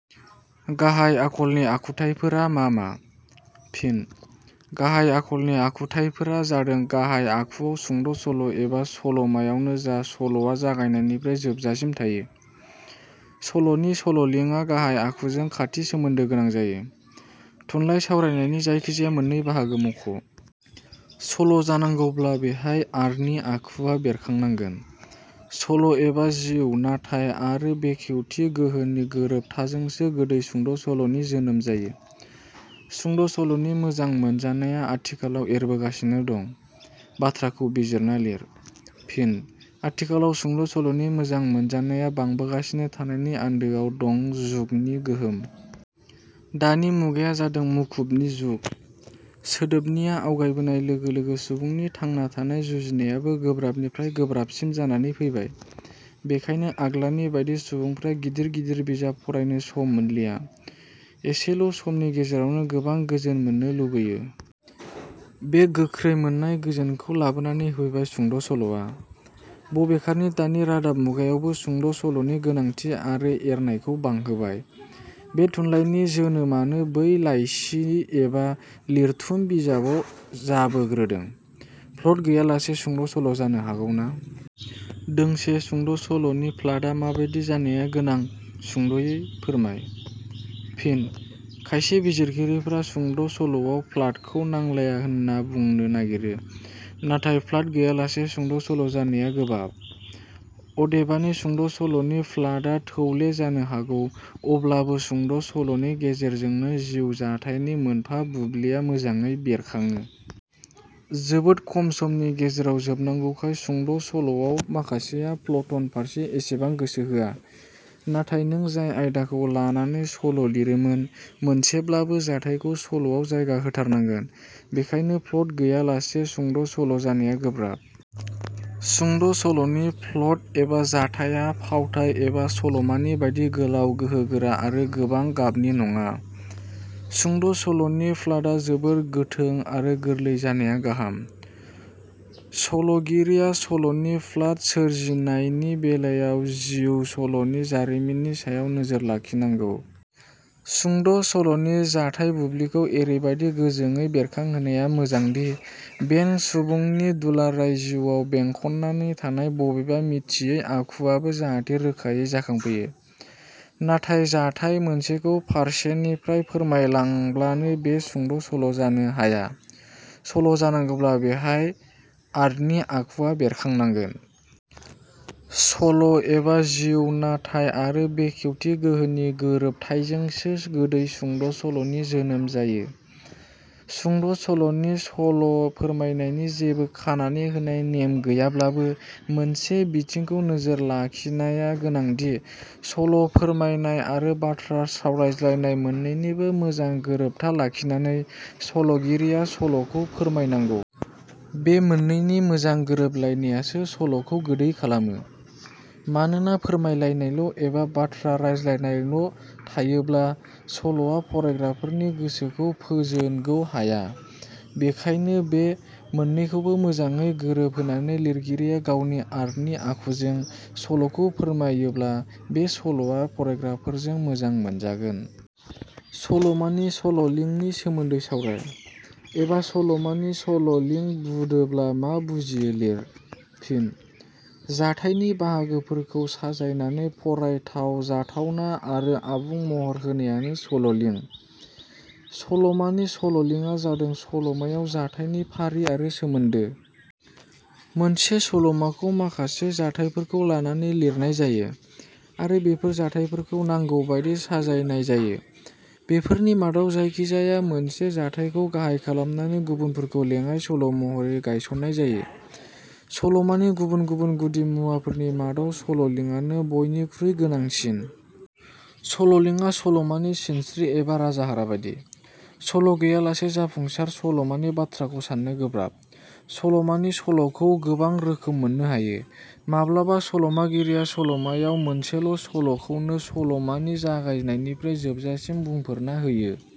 गाहाइ आखलनि आखुथाइफोरा मा मा? फिन: गाहाइ आखलनि आखुथाइफोरा जादों गाहाइ आखुअव सुंद' सल' एबा सल 'मायावनो जा सल'आ जागायनायनिफ्राय जोबजासिम थायो। सल'नि सल'लिंआ गाहाइ आखुजों खाथि सोमोन्दो गोनां जायो। थुनलाइ सावरायनायनि जायखि जाया मोननै बाहागो मख'। सल' जानांगौब्ला बेयाव आर्टनि आखुवा बेरखांनांगोन। सल' एबा जिउ नाथाय आरो बेखेवथि गोहोनि गोरोबथायजोंसो गोदै सुंद' सल 'नि जोनोम जायो। "सुंद' सल 'नि मोजां मोनजानाया आथिखालाव एरबोगासिनो दं"- बाथ्राखौ बिजिरना लिर। फिन: आथिखालाव सुंद' सल'नि मोजां मोनजानाया बांबोगासिनो थानायनि आन्दोआवनो दं जुगनि गोहोम। दानि मुगाया जादों मुखुबनि जुग। सोदोबनिया आवगायबोनाय लोगो लोगो सुबुंनि थांना थानाय जुजिनायाबो गोब्राबनिफ्राय गोब्राबसिन जानानै फैबाय। बेखायनो आग्लानि बादि सुबुंफोरा गिदिर गिदिर बिजाब फरायनो सम मोनलिया, एसेल समनि गेजेरावनो गोबां गोजोन मोननो लुबैयो। बे गोख्रै मोननाय गोजोनखौ लाबोनानै होफैबाय सुंद' सल'आ। बबेखानि दानि रादाब मुगायावबो सुंद' सल 'नि गोनांथि आरो एरनायखौ बांहोबाय। बे थुनलाइनि जोनोमानो बै लाइसि एबा लिरथुम बिजाबाव जाबोग्रोदों। प्लट गैयालासे सुंद' सल' जानो हागौना? दोंसे सुंद' सल 'नि प्लटआ माबादि जानाया गोनां सुंद 'यै फोरमाय। फिन: खायसे बिजिरगिरिफोरा सुंद' सल'आव प्लटखौ नांलाया होनना बुंनो नागिरो। नाथाय प्लेट गैयालासे सुंद' सल' जानाया गोबाब। अदेबानि सुंद' सल 'नि प्लटआ थौले जानो हागौ अब्लाबो सुंद' सल 'नि गेजेरजोंनो जिउ जाथाइनि मोनफा बुब्लिया मोजाङै बेरखाङो। जोबोद खम समनि गेजेराव जोबनांगौखाय सुंद' सल'आव माखासेया प्लटन फारसे एसेबां गोसो होआ। नाथाय नों जाय आयदाखौ लानानै सल' लिरामानो मोनसेब्लाबो जाथाइखौ सल 'आव जायगा होथारनांगोन। बेखायनो प्लट गैयालासे सुंद' सल' जानाया गोब्राब। सुंद' सल'नि प्लट एबा जाथाइया फावथाइ एबा' सलमानि बादि गोलाव गोहोगोरा आरो गोबां गाबनि नङा। सुंद' सल'नि प्लटआ जोबोर गोथों आरो गोरलै जानाया गाहाम। सल 'गिरिया सल 'नि प्लट सोरजिनायनि बेलायाव जिउ सल'नि जारिमिननि सायाव नोजोर लाखिनांगौ। सुंद' सल'नि जाथाइ बुब्लिखौ एरैबादि गोजोङै बेरखांहोनाया मोजांदि बें सुबुनि दुलाराय जिउवाव बेंखननानै थानाय बबेबा मिथियै आखुवाबो जाहाथे रोखायै जाखांफैयो। नाथाय जाथाइ मोनसेखौ फारसे निफ्राय फ़ोरमायलांब्लानो बे सुंद' सल' जानो हाया। सल' जानांगौब्ला बेयाव आर्टनि आखुवा बेरखांनांगोन। सल' एबा जिउ नाथाय आरो बेखेवथि गोहोनि गोरोबथायजोंसो गोदै सुंद' सल 'नि जोनोम जायो। सुंद' सल'नि सल' फोरमायनायनि जेबो खानानै होनाय नेम गैयाब्लाबो मोनसे बिथिंखौ नोजोर लाखिनाया गोनांदि- सल' फोरमायनाय आरो बाथ्रा सावरायज्लायनाय मोननैनिबो मोजां गोरोबथा लाखिनानै 'सल'गिरिया सल 'खौ फोरमायनांगौ। बे मोननैनि मोजां गोरोबलायनायासो सल 'खौ गोदै खालामो। मानोना फोरमायनायल' एबा बाथ्रा 'रायज्लायनायल' थायोब्ला सल'वा फरायग्राफोरनि गोसोखौ फोजोनगौ हाया। बेखायनो बे मोननैखौबो मोजाङै गोरोब होनानै लिरगिरिया गावनि आर्टनि आखुजों सल'खौ फोरमायोब्ला बे सल'आ फरायग्राफोरजों मोजां मोनजागोन। सलमानि सल 'लिंनि सोमोन्दै सावराय। "एबा' सलमानि सल 'लिं बुडोब्ला मा बुजियो लिर। फिन: जाथाइनि बाहागोफोरखौ साजायनानै फरायथाव, जाथावना आरो आबुं महर होनायानो सल 'लिं। सल'मानि सल 'लिंआ जादों सल 'मायाव जाथाइनि फारि आरो सोमोन्दो। मोनसे सल 'माखौ माखासे जाथाइफोरखौ लानानै लिरनाय जायो आरो बेफोर जाथाइफोरखौ नांगौबादि साजायनाय जायो। बेफोरनि मादाव जायखि-जाया मोनसे जाथाइखौ गाहाइ खालामनानै गुबुनफोरखौ लेङाइ सल' महरै गायसननाय जायो। सलमानि गुबुन गुबुन गुदिमुवाफोरनि मादाव सल 'लिङानो बयनिख्रुइ गोनांसिन। सल 'लिङा सलमानि सिनस्रि एबा राजाहाराबादि। सल' गैयालासे जाफुंसार सलमानि बाथ्राखौ साननो गोब्राब। सल'मानि सल'खौ गोबां रोखोम मोननो हायो। 'माब्लाबा सल'मागिरिया सल'मायाव मोनसेल' सल 'खौनो सलमानि जागायनायनिफ्राय जोबजासिम बुंफोरना होयो।